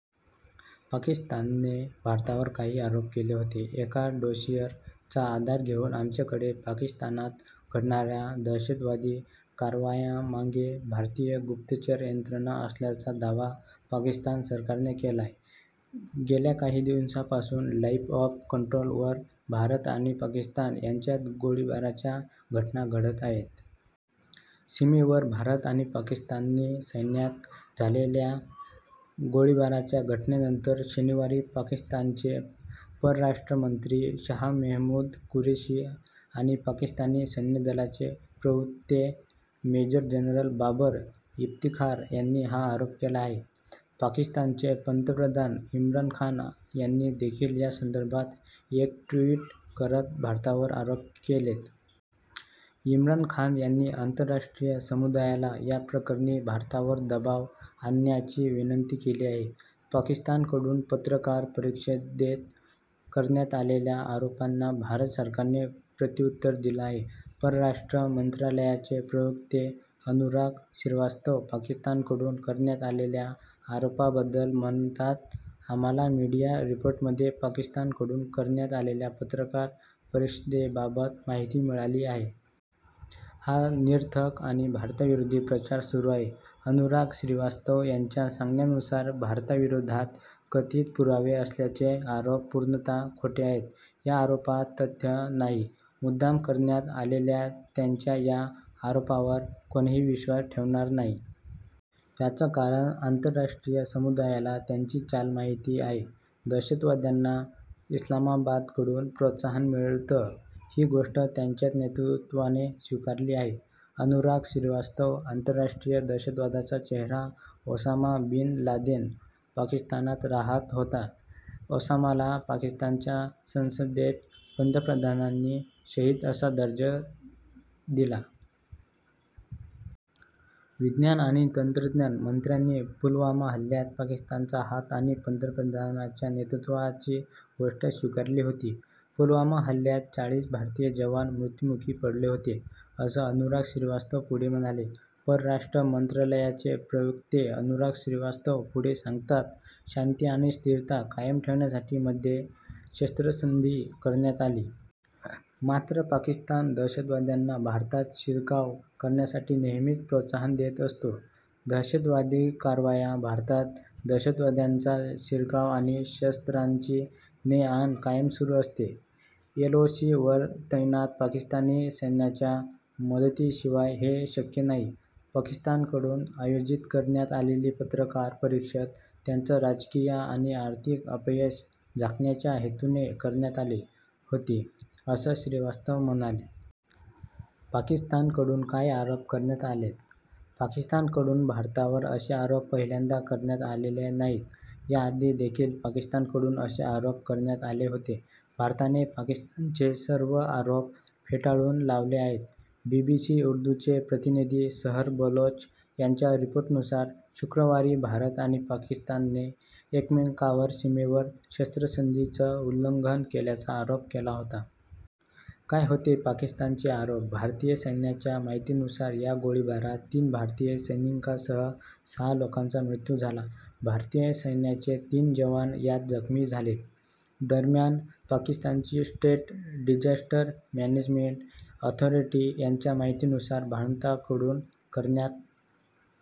पाकिस्तानने भारतावर काही आरोप केले होते. एका 'डोसिअर'चा आधार घेऊन आमच्याकडे पाकिस्तानात घडणाऱ्या दहशतवादी कारवायांमागे भारतीय गुप्तचर यंत्रणा असल्याचा' दावा पाकिस्तान सरकारने केलाय. गेल्या काही दिवसांपासून 'लाइन ऑफ कंट्रोल' वर भारत आणि पाकिस्तान यांच्यात गोळीबाराच्या घटना घडत आहेत. सीमेवर भारत आणि पाकिस्तानी सैन्यात झालेल्या गोळीबाराच्या घटनेनंतर, शनिवारी पाकिस्तानचे परराष्ट्रमंत्री शहा मेहमूद कुरेशी आणि पाकिस्तानी सैन्यदलाचे प्रवक्ते मेजर जनरल बाबर इफ्तिखार यांनी हा आरोप केला आहे. पाकिस्तानचे पंतप्रधान इम्रान खान यांनी देखील या संदर्भात एक ट्विट करत भारतावर आरोप केलेत. इम्राम खान यांनी आंतरराष्ट्रीय समुदायाला या प्रकरणी भारतावर दबाव आणण्याची विनंती केली आहे. पाकिस्तानकडून पत्रकार परिषदेत करण्यात आलेल्या आरोपांना भारत सरकारने प्रत्युत्तर दिलं आहे. परराष्ट्र मंत्रालयाचे प्रवक्ते अनुराग श्रीवास्तव पाकिस्तानकडून करण्यात आलेल्या आरोपांबद्दल म्हणतात आम्हाला मीडिया रिपोर्टमध्ये पाकिस्तानकडून करण्यात आलेल्या पत्रकार परिषदेबाबत माहिती मिळाली आहे. हा निरर्थक आणि भारताविरोधी प्रचार सुरू आहे. अनुराग श्रीवास्तव यांच्या सांगण्यानुसार भारताविरोधात कथित पुरावे असल्याचे आरोप पूर्णत: खोटे आहेत. या आरोपात तथ्य नाही. मुद्दाम करण्यात आलेल्या त्यांच्या या आरोपांवर कोणीही विश्वास ठेवणार नाही. याचं कारण आंतरराष्ट्रीय समुदायाला त्यांची चाल माहिती आहे. दहशतवाद्यांना इस्लामाबादकडून प्रोत्साहन मिळतं, ही गोष्ट त्यांच्याच नेतृत्वाने स्वीकारली आहे. अनुराग श्रीवास्तव आतरराष्ट्रीय दहशतवादाचा चेहरा ओसामा बिन लादेन पाकिस्तानात रहात होता. ओसामाला पाकिस्तानच्या संसदेत पंतप्रधानांनी शहीद असा दर्जा दिला. विज्ञान आणि तंत्रज्ञान मंत्र्यांनी पुलवामा हल्ल्यात पाकिस्तानचा हात आणि पंतप्रधानांच्या नेतृत्वाची गोष्ट स्वीकारली होती. पुलवामा हल्ल्यात चाळीस भारतीय जवान मृत्यूमुखी पडले होते असं अनुराग श्रीवास्तव पुढे म्हणाले. परराष्ट्र मंत्रालयाचे प्रवक्ते अनुराग श्रीवास्तव पुढे सांगतात शांती आणि स्थिरता कायम ठेवण्यासाठी मध्ये शस्त्रसंधी करण्यात आली. मात्र, पाकिस्तान दहशतवाद्यांना भारतात शिरकाव करण्यासाठी नेहमीच प्रोत्साहन देत असतो. दहशतवादी कारवाया, भारतात दहशतवाद्यांचा शिरकाव आणि शस्त्रांची ने-आण कायम सुरू असते. 'एलओसी' वर तैनात पाकिस्तानी सैन्याच्या मदतीशिवाय हे शक्य नाही. पाकिस्तानकडून आयोजित करण्यात आलेली पत्रकार परिषद त्यांचं राजकीय आणि आर्थिक अपयश झाकण्याच्या हेतूने करण्यात आली होती, असं श्रीवास्तव म्हणाले. पाकिस्तानकडून काय आरोप करण्यात आलेत? पाकिस्तानकडून भारतावर असे आरोप पहिल्यांदा करण्यात आलेले नाहीत. याआधी देखील पाकिस्तानकडून असे आरोप करण्यात आले होते. भारताने पाकिस्तानचे सर्व आरोप फेटाळून लावले आहेत. बीबीसी उर्दूचे प्रतिनिधी सहर बलोच यांच्या रिपोर्टनुसार, शुक्रवारी भारत आणि पाकिस्तानने एकमेकांवर सीमेवर शस्त्रसंधीच उल्लंघन केल्याचा आरोप केला होता. काय होते पाकिस्तानचे आरोप भारतीय सैन्याच्या माहितीनुसार, या गोळीबारात तीन भारतीय सैनिकांसह सहा लोकांचा मृत्यू झाला. भारतीय सैन्याचे तीन जवान यात जखमी झाले. दरम्यान पाकिस्तानची स्टेट डिजास्टर मॅनेजमेंट ऑथॉरीटी यांच्या माहितीनुसार भारताकडून करण्यात